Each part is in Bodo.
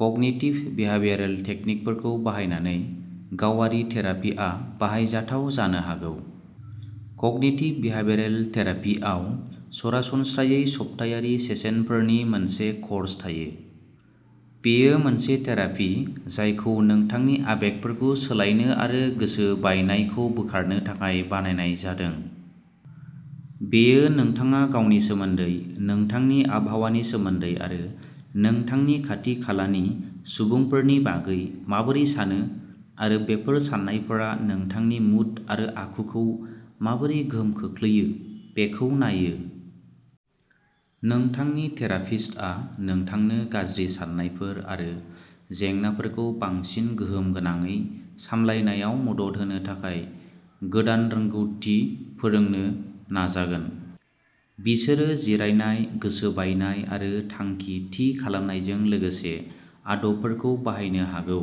कग्निटिभ बिहेवियरल टेकनिकफोरखौ बाहायनानै गावारि थेरापीआ बाहायजाथाव जानो हागौ। कग्निटिभ बिहेवियरल थेरापीआव सरासनस्रायै सप्तायारि सेसनफोरनि मोनसे कर्स थायो। बेयो मोनसे थेरापी जायखौ नोंथांनि आबेगफोरखौ सोलायनो आरो गोसो बायनायखौ बोखारनो थाखाय बानायनाय जादों। बेयो नोंथाङा गावनि सोमोन्दै, नोंथांनि आबहावानि सोमोन्दै आरो नोंथांनि खाथि-खालानि सुबुंफोरनि बागै माबोरै सानो, आरो बेफोर साननायफोरा नोंथांनि मुड आरो आखुखौ माबोरै गोहोम खोख्लैयो बेखौ नायो। नोंथांनि थेरापिस्टआ नोंथांनो गाज्रि साननायफोर आरो जेंनाफोरखौ बांसिन गोहोम गोनाङै सामलायनायाव मदद होनो थाखाय गोदान रोंग'थि फोरोंनो नाजागोन। बिसोरो जिरायनाय, गोसो बायनाय आरो थांखि थि खालामनायजों लोगोसे आदबफोरखौ बाहायनो हागौ।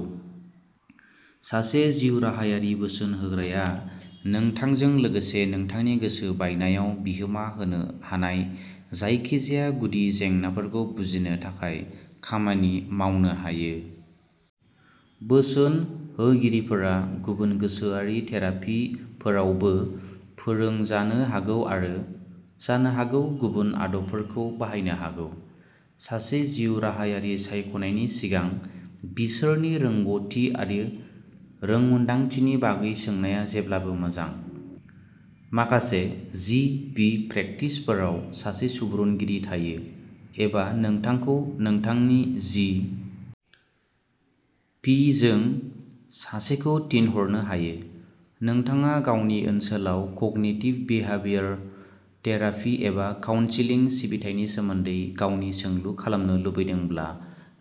सासे जिउराहायारि बोसोन होग्राया नोंथांजों लोगोसे नोंथांनि गोसो बायनायाव बिहोमा होनो हानाय जायखिजाया गुदि जेंनाफोरखौ बुजिनो थाखाय खामानि मावनो हायो। बोसोन होगिरिफोरा गुबुन गोसोआरि थेरापीफोरावबो फोरोंजानो हागौ आरो जानो हागौ गुबुन आदबफोरखौ बाहायनो हागौ। सासे जिउराहायारि सायख'नायनि सिगां, बिसोरनि रोंग'थि आरो रोंमोनदांथिनि बागै सोंनाया जेब्लाबो मोजां। माखासे जि. पि. प्रेक्टिसफोराव सासे सुबुरुनगिरि थायो, एबा नोंथांखौ नोंथांनि जि. पि. जों सासेखौ थिनहरनो हायो। नोंथाङा गावनि ओनसोलाव कग्निटिभ बिहेवियर थेरापि एबा काउन्सेलिं सिबिथायनि सोमोन्दै गावनि सोंलु खालामनो लुबैदोंब्ला,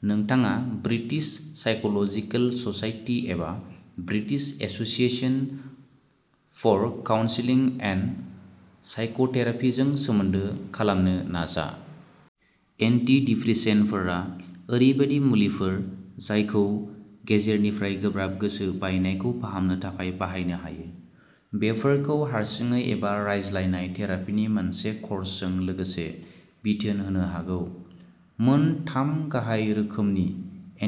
नोंथाङा ब्रिटिश साइक'लजिकेल ससाइटि एबा British association for counselling and psychotherapy जों सोमोन्दो खालामनो नाजा। एन्टिडिप्रेसेन्टफोरा ओरैबायदि मुलिफोर जायखौ गेजेरनिफ्राय गोब्राब गोसो बायनायखौ फाहामनो थाखाय बाहायनो हायो। बेफोरखौ हारसिङै एबा रायज्लायनाय थेरापिनि मोनसे कर्सजों लोगोसे बिथोन होनो हागौ। मोन थाम गाहाय रोखोमनि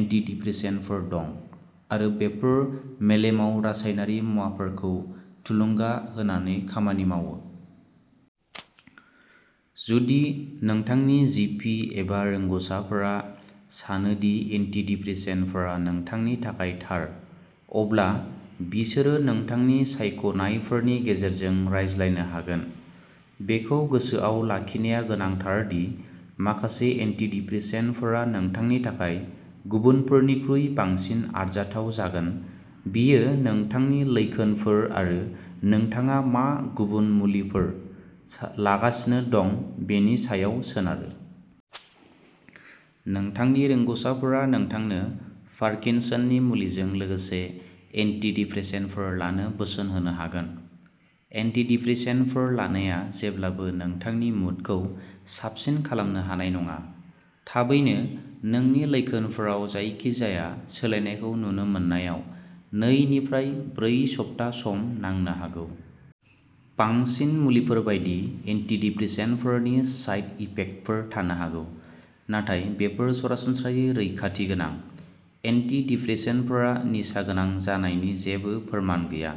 एन्टिडिप्रेसेन्टफोर दं, आरो बेफोर मेलेमाव रासायनारि मुवाफोरखौ थुलुंगा होनानै खामानि मावो। जुदि नोंथांनि जि. पि. एबा रोंग'साफोरा सानो दि एन्टिडिप्रेसेन्टफोरा नोंथांनि थाखाय थार, अब्ला बिसोरो नोंथांनि सायख'नायफोरनि गेजेरजों रायज्लायनो हागोन। बेखौ गोसोआव लाखिनाया गोनांथार दि माखासे एन्टिडिप्रेसेन्टफोरा नोंथांनि थाखाय गुबुनफोरनिख्रुइ बांसिन आरजाथाव जागोन बेयो नोंथांनि लैखोनफोर आरो नोंथाङा मा गुबुन मुलिफोर लागासिनो दं बेनि सायाव सोनारो। नोंथांनि रोंग'साफोरा नोंथांनो पार्किनसननि मुलिजों लोगोसे एन्टिडिप्रेसेन्टफोर लानो बोसोन होनो हागोन। एन्टिडिप्रेसेन्टफोर लानाया जेब्लाबो नोंथांनि मुडखौ साबसिन खालामनो हानाय नङा। थाबैनो नोंनि लैखोनफोराव जायखिजाया सोलायनायखौ नुनो मोननायाव नै निफ्राय ब्रै सप्ता सम नांनो हागौ। बांसिन मुलिफोर बायदि, एन्टिदिप्रेसेन्टफोरनि साइड इफेक्टफोर थानो हागौ, नाथाय बेफोर सरासनस्रायै रैखाथि गोनां। एन्टिदिप्रेसेन्टफोरा निसा गोनां जानायनि जेबो फोरमान गैया,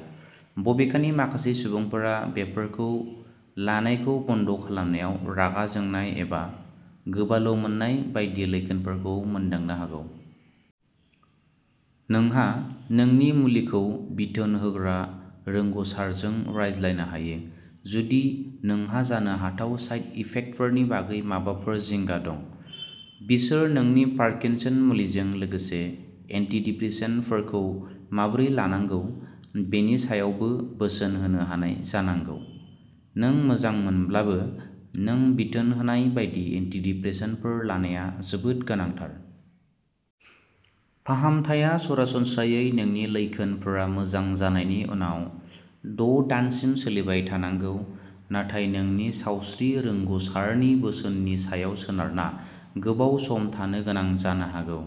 बबेखानि माखासे सुबुंफोरा बेफोरखौ लानायखौ बन्द खालामनायाव रागा जोंनाय एबा गोबाल'मोननाय बायदि लैखोनफोरखौ मोनदांनो हागौ। नोंहा नोंनि मुलिखौ बिथोन होग्रा रोंग'सारजों रायज्लायनो हायो जुदि नोंहा जानो हाथाव साइड इफेक्टफोरनि बागै माबाफोर जिंगा दं। बिसोर नोंनि पार्किनसन मुलिजों लोगोसे एन्टिदिप्रेसेन्टफोरखौ माबोरै लानांगौ बेनि सायावबो बोसोन होनो हानाय जानांगौ। नों मोजां मोनब्लाबो, नों बिथोन होनाय बायदि एन्टिदिप्रेसेन्टफोर लानाया जोबोद गोनांथार। फाहामथाया सरासनस्रायै नोंनि लैखोनफोरा मोजां जानायनि उनाव द' दानसिम सोलिबाय थानांगौ, नाथाय नोंनि सावस्रि रोंग'सारनि बोसोननि सायाव सोनारना गोबाव सम थानो गोनां जानो हागौ।